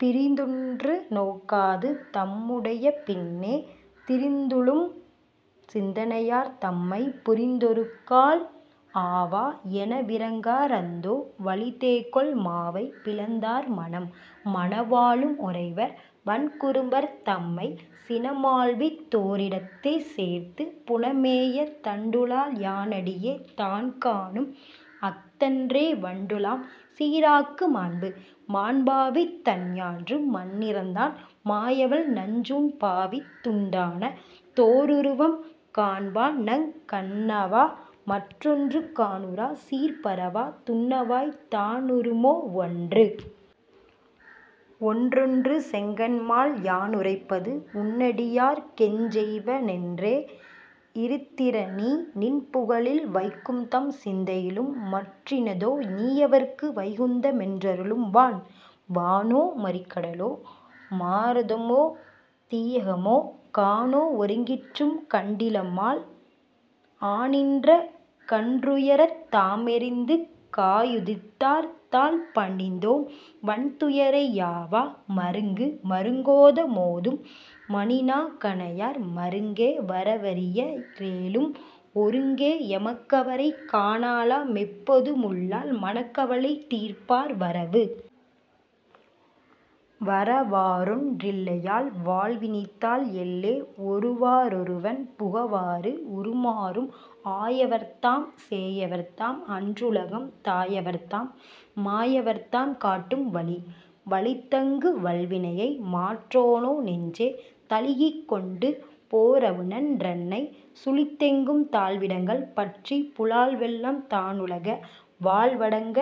பிரிந்தொன்று நோக்காது தம்முடைய பின்னே, திரிந்துழுலும் சிந்தனையார் தம்மை,-புரிந்தொருகால் ஆவா. எனவிரங்கார் அந்தோ. வலிதேகொல், மாவை பிளந்தார் மனம்? மனவாளும் ஓரைவர் வன்குறும்பர் தம்மை, சினமாள்வித் தோரிடத்தே சேர்த்து-புனமேய தண்டுழா யானடியே தான்காணும் அஃதன்றே, வண்டுழாம் சீராக்கு மாண்பு? மாண்பாவித் தந்நான்று மண்ணிரந்தான், மாயவள்நஞ் சூண்பாவித் துண்டான தோருருவம்,-காண்பான்நங் கண்ணவா மற்றொன்று காணுறா, சீர்பரவா துண்ணவாய் தானுறுமோ ஒன்று? ஒன்றுண்டு செங்கண்மால். யானுரைப்பது, உன்னடியார்க் கெஞ்செய்வ னென்றே யிரித்திரநீ,-நின்புகழில் வைகும்தம் சிந்தையிலும் மற்றினிதோ, நீயவர்க்கு வைகுந்த மென்றருளும் வான்? வானோ மறிகடலோ மாருதமோ தீயகமோ, கானோ ஒருங்கிற்றும் கண்டிலமால், ஆனீன்ற கன்றுயரத் தாமெறிந்து காயுதிர்த்தார் தாள்பணிந்தோம், வன்துயரை யாவா. மருங்கு. மருங்கோத மோதும் மணிநா கணையார், மருங்கே வரவரிய ரேலும்,-ஒருங்கே எமக்கவரைக் காணலா மெப்போது முள்ளால், மனக்கவலை தீர்ப்பார் வரவு. வரவாறொன் றில்லையால் வாழ்வினிதால், எல்லே. ஒருவா றொருவன் புகவாறு,-உருமாறும் ஆயவர்தாம் சேயவர்தாம் அன்றுலகம் தாயவர்தாம், மாயவர்தாம் காட்டும் வழி. வழித்தங்கு வல்வினையை மாற்றானோ நெஞ்சே, தழீஇக்கொண்டு போரவுணன் றன்னை,-சுழித்தெங்கும் தாழ்விடங்கள் பற்றிப் புலால்வெள்ளம் தானுளக, வாழ்வடங்க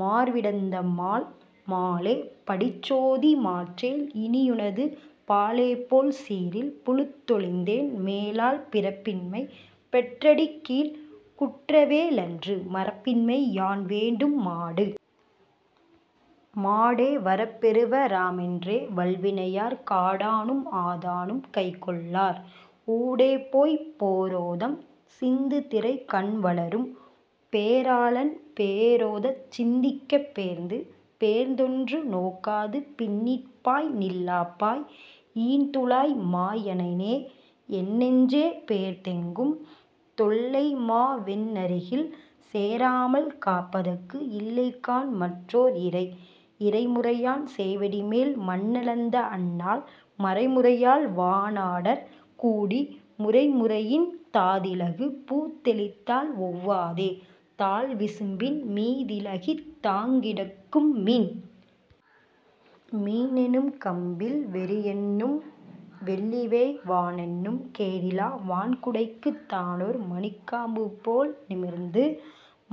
மார்விடந்த மால்? மாலே. படிச்சோதி மாற்றேல், இனியுனது பாலேபோல் சீரில் புழுத்தொழிந்தேன்,-மேலால் பிறப்பின்மை பெற்றடிக்கீழ்க் குற்றேவ லன்று, மறப்பின்மை யான்வேண்டும் மாடு. மாடே வரப்பெறுவ ராமென்றே, வல்வினையார் காடானும் ஆதானும் கைகொள்ளார்,-ஊடேபோய்ப் போரோதம் சிந்துதிரைக் கண்வளரும், பேராளன் பேரோதச் சிந்திக்கப் பேர்ந்து. பேர்ந்தொன்று நோக்காது பின்னிற்பாய் நில்லாப்பாய் ஈன்துழாய் மாயனையே என்னெஞ்சே, பேர்ந்தெங்கும் தொல்லைமா வெந்நரகில் சேராமல் காப்பதற்கு இல்லைகாண் மற்றோர் இறை. இறைமுறையான் சேவடிமேல் மண்ணளந்த அந்நாள், மறைமுறையால் வானாடர் கூடி,-முறைமுறையின் தாதிலகு பூத்தெளித்தால் ஒவ்வாதே, தாழ்விசும்பின் மீதிலகித் தாங்கிடக்கும் மீன். மீனென்னும் கம்பில் வெறியென்னும் வெள்ளிவேய் வானென்னும் கேடிலா வான்குடைக்கு,-தானோர் மணிக்காம்பு போல்நிமிர்ந்து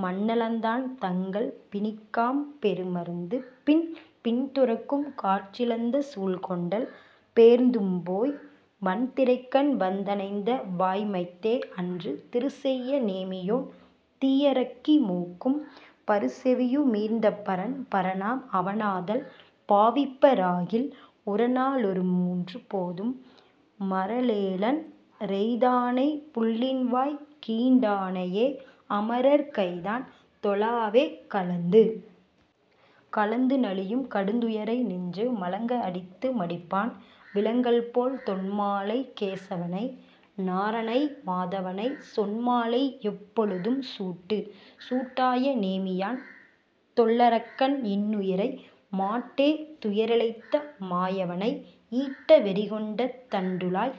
மண்ணளந்தான், நங்கள் பிணிக்காம் பெருமருந்து பின். பின்துரக்கும் காற்றிழந்த சூல்கொண்டல் பேர்ந்தும் போய், வன்திரைக்கண் வந்தணைந்த வாய்மைத்தே, அன்று திருச்செய்ய நேமியான் தீயரக்கி மூக்கும், பருச்செவியு மீர்ந்த பரன். பரனாம் அவனாதல் பாவிப்ப ராகில், உரனா லொருமூன்று போதும்,-மரமேழன் றெய்தானைப் புள்ளின்வாய் கீண்டானையே, அமரர் கைதான் தொழாவே கலந்து? கலந்து நலியும் கடுந்துயரை நெஞ்சே மலங்க அடித்து மடிப்பான்,-விலங்கல்போல் தொன்மாலைக் கேசவனை நாரனை மாதவனை, சொன்மாலை யெப்பொழுதும் சூட்டு. சூட்டாய நேமியான் தொல்லரக்கன் இன்னுயிரை, மாட்டே துயரிழைத்த மாயவனை,-ஈட்ட வெறிகொண்ட தண்டுழாய்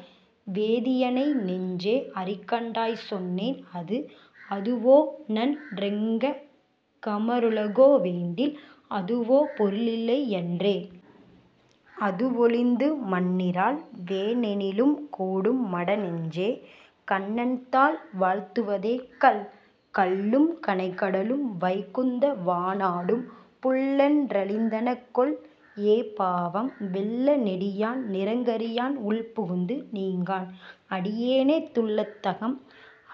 வேதியனை, நெஞ்சே. அறிகண்டாய் சொன்னேன் அது. அதுவோநன் ரென்றங் கமருலகோ வேண்டில், அதுவோ பொருளில்லை யன்றே?, அதுவொழிந்து மண்ணிறாள் வேனெனிலும் கூடும் மடநெஞ்சே, கண்ணன் தாள் வாழ்த்துவதே கல். கல்லும் கனைகடலும் வைகுந்த வானாடும், புல்லென் றழிந்தனகொல் ஏபாவம்,-வெல்ல நெடியான் நிறங்கரியான் உள்புகுந்து நீங்கான், அடியேன துள்ளத் தகம்.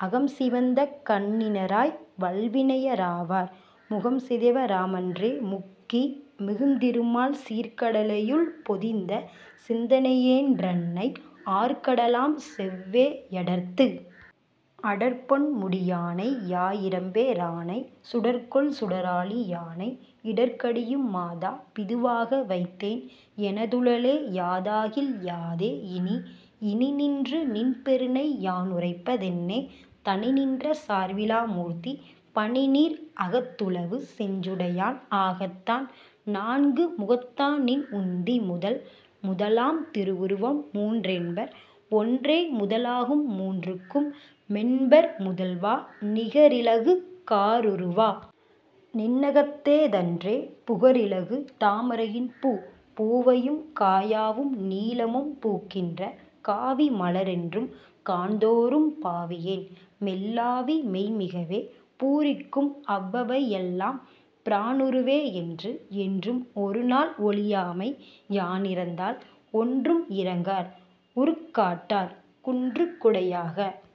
அகம்சிவந்த கண்ணினராய் வல்வினைய ராவார், முகம்சிதைவ ராமன்றே முக்கி,-மிகுந்திருமால் சீர்க்கடலை யுள்பொதிந்த சிந்தனையேன் றன்னை, ஆர்க்கடலாம் செவ்வே யடர்த்து? அடர்ப்பொன் முடியானை யாயிரம்பே ரானை, சுடர்கொள் சுடராழி யானை,-இடர்கடியும் மாதா பிதுவாக வைத்தேன் எனதுளலே யாதாகில் யாதே இனி? இனிநின்று நின்பெருமை யானுரைப்ப தென்னே, தனிநின்ற சார்விலா மூர்த்தி,-பனிநீர் அகத்துலவு செஞ்சடையான் ஆகத்தான், நான்கு முகத்தான்நின் உந்தி முதல். முதலாம் திருவுருவம் மூன்றென்பர், ஒன்றே முதலாகும் மூன்றுக்கும் மென்பர்-முதல்வா, நிகரிலகு காருருவா. நின்னகத்த தன்றே, புகரிலகு தாமரையின் பூ? பூவையும் காயாவும் நீலமும் பூக்கின்ற, காவி மலரென்றும் காண்தோறும், பாவியேன் மெல்லாவி மெய்மிகவே பூரிக்கும், அவ்வவை எல்லாம் பிரானுருவே என்று. என்றும் ஒருநாள் ஒழியாமை யானிரந்தால், ஒன்றும் இரங்கார் உருக்காட்டார்,-குன்று குடையாக